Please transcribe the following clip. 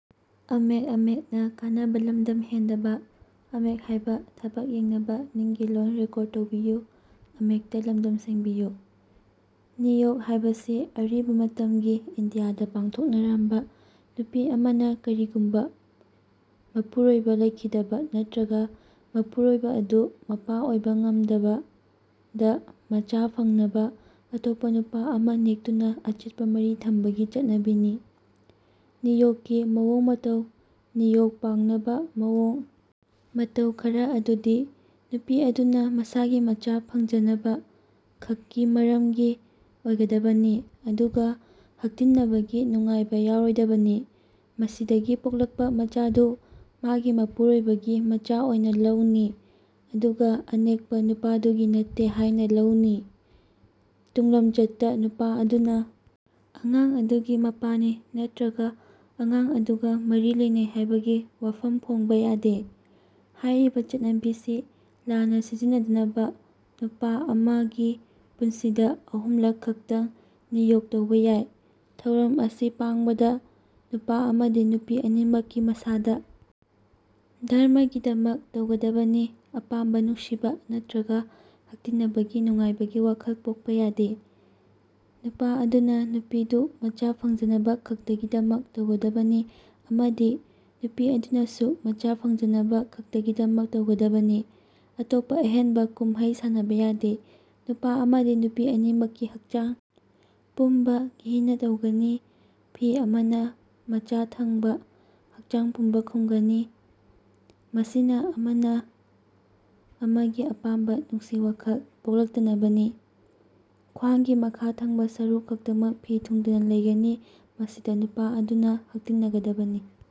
ꯅꯤꯌꯣꯒ ꯍꯥꯏꯕꯁꯤ ꯑꯔꯤꯕ ꯃꯇꯝꯒꯤ ꯏꯟꯗꯤꯌꯥꯗ ꯄꯥꯡꯊꯣꯛꯅꯔꯝꯕ ꯅꯨꯄꯤ ꯑꯃꯅ ꯀꯔꯤꯒꯨꯝꯕ ꯃꯄꯨꯔꯣꯢꯕ ꯂꯩꯈꯤꯗꯕꯗ ꯅꯠꯇ꯭ꯔꯒ ꯃꯄꯨꯔꯣꯢꯕ ꯑꯗꯨ ꯃꯄꯥ ꯑꯣꯢꯕ ꯉꯝꯗꯕꯗ ꯃꯆꯥ ꯐꯪꯖꯅꯕ ꯑꯇꯣꯞꯄ ꯅꯨꯄꯥ ꯑꯃ ꯅꯦꯛꯇꯨꯅ ꯑꯆꯦꯠꯄ ꯃꯔꯤ ꯊꯝꯕꯒꯤ ꯆꯠꯅꯕꯤꯅꯤ꯫ ꯅꯤꯌꯣꯒꯀꯤ ꯃꯑꯣꯡ ꯃꯇꯧ ꯅꯤꯌꯣꯒ ꯄꯥꯡꯅꯕ ꯃꯑꯣꯡ ꯃꯇꯧ ꯈꯔ ꯑꯗꯨꯗꯤ ꯅꯨꯄꯤ ꯑꯗꯨꯅ ꯃꯁꯥꯒꯤ ꯃꯆꯥ ꯐꯪꯖꯅꯕ ꯈꯛꯀꯤ ꯃꯔꯝꯒꯤ ꯑꯣꯢꯒꯗꯕꯅꯤ ꯑꯗꯨꯒ ꯍꯛꯇꯤꯟꯅꯕꯒꯤ ꯅꯨꯡꯉꯥꯢꯕ ꯌꯥꯎꯔꯣꯢꯗꯕꯅꯤ꯫ ꯃꯁꯤꯗꯒꯤ ꯄꯣꯛꯂꯛꯄ ꯃꯆꯥꯗꯨ ꯃꯥꯒꯤ ꯃꯄꯨꯔꯣꯢꯕ ꯒꯤ ꯃꯆꯥ ꯑꯣꯢꯅ ꯂꯧꯅꯤ ꯑꯗꯨꯒ ꯑꯅꯦꯛꯄ ꯅꯨꯄꯥꯗꯨꯒꯤ ꯅꯠꯇꯦ ꯍꯥꯢꯅ ꯂꯧꯅꯤ꯫ ꯇꯨꯡꯂꯝꯆꯠꯇ ꯅꯨꯄꯥ ꯑꯗꯨꯅ ꯑꯉꯥꯡ ꯑꯗꯨꯒ ꯃꯄꯥꯅꯤ ꯅꯠꯇ꯭ꯔꯒ ꯑꯉꯥꯡ ꯑꯗꯨꯒ ꯃꯔꯤ ꯂꯩꯅꯩ ꯍꯥꯢꯕꯒꯤ ꯋꯥꯐꯝ ꯐꯣꯡꯕ ꯌꯥꯗꯦ꯫ ꯍꯥꯢꯔꯤꯕ ꯆꯠꯅꯕꯤꯁꯤ ꯂꯥꯟꯅ ꯁꯤꯖꯤꯟꯅꯗꯅꯕ ꯅꯨꯄꯥ ꯑꯃ ꯒꯤ ꯄꯨꯟꯁꯤꯗ ꯳ꯂꯛ ꯈꯛꯇꯪ ꯅꯤꯌꯣꯒ ꯇꯧꯕ ꯌꯥꯢ꯫ ꯊꯧꯔꯝ ꯑꯁꯤ ꯄꯥꯡꯕꯗ ꯅꯨꯄꯥ ꯑꯃꯗꯤ ꯅꯨꯄꯤ ꯑꯅꯤꯃꯛꯀꯤ ꯃꯁꯥꯗ ꯙꯔꯃꯒꯤꯗꯃꯛ ꯇꯧꯒꯗꯕꯅꯤ ꯑꯄꯥꯝꯕ ꯅꯨꯡꯁꯤꯕ ꯅꯠꯇ꯭ꯔꯒ ꯍꯛꯇꯤꯟꯅꯕꯒꯤ ꯅꯨꯡꯉꯥꯢꯕꯒꯤ ꯋꯥꯈꯜ ꯄꯣꯛꯄ ꯌꯥꯗꯦ꯫ ꯅꯨꯄꯥ ꯑꯗꯨꯅ ꯅꯨꯄꯤꯗꯨ ꯃꯆꯥ ꯐꯪꯖꯅꯕ ꯈꯛꯇꯒꯤꯗꯃꯛ ꯇꯧꯒꯗꯕꯅꯤ ꯑꯃꯗꯤ ꯅꯨꯄꯤ ꯑꯗꯨꯅꯁꯨ ꯃꯆꯥ ꯐꯪꯖꯅꯕ ꯈꯛꯇꯒꯤꯗꯃꯛ ꯇꯧꯒꯗꯕꯅꯤ꯫ ꯑꯇꯣꯞꯄ ꯑꯍꯦꯟꯕꯀꯨꯝꯃꯩ ꯁꯥꯟꯅꯕ ꯌꯥꯗꯦ꯫ ꯅꯨꯄꯥ ꯑꯃꯗꯤ ꯅꯨꯄꯤ ꯑꯅꯤꯃꯛꯀꯤ ꯍꯛꯆꯥꯡ ꯄꯨꯝꯕ ꯘꯤꯅ ꯇꯩꯒꯅꯤ꯫ ꯐꯤ ꯑꯃꯅ ꯃꯆꯥ ꯊꯪꯕ ꯍꯛꯆꯥꯡ ꯄꯨꯝꯕ ꯈꯨꯝꯒꯅꯤ꯫ ꯃꯁꯤꯅ ꯑꯃꯅ ꯑꯃꯒꯤ ꯑꯄꯥꯝ ꯅꯨꯡꯁꯤ ꯋꯥꯈꯜ ꯄꯣꯛꯂꯛꯇꯅꯕꯅꯤ꯫ ꯈ꯭ꯋꯥꯡꯒꯤ ꯃꯈꯥ ꯊꯪꯕ ꯁꯔꯨꯛ ꯈꯛꯇꯃꯛ ꯐꯤ ꯊꯨꯡꯗꯅ ꯂꯩꯒꯅꯤ꯫ ꯃꯁꯤꯗ ꯅꯨꯄꯥ ꯑꯗꯨꯅ ꯍꯛꯇꯤꯟꯅꯒꯗꯕꯅꯤ꯫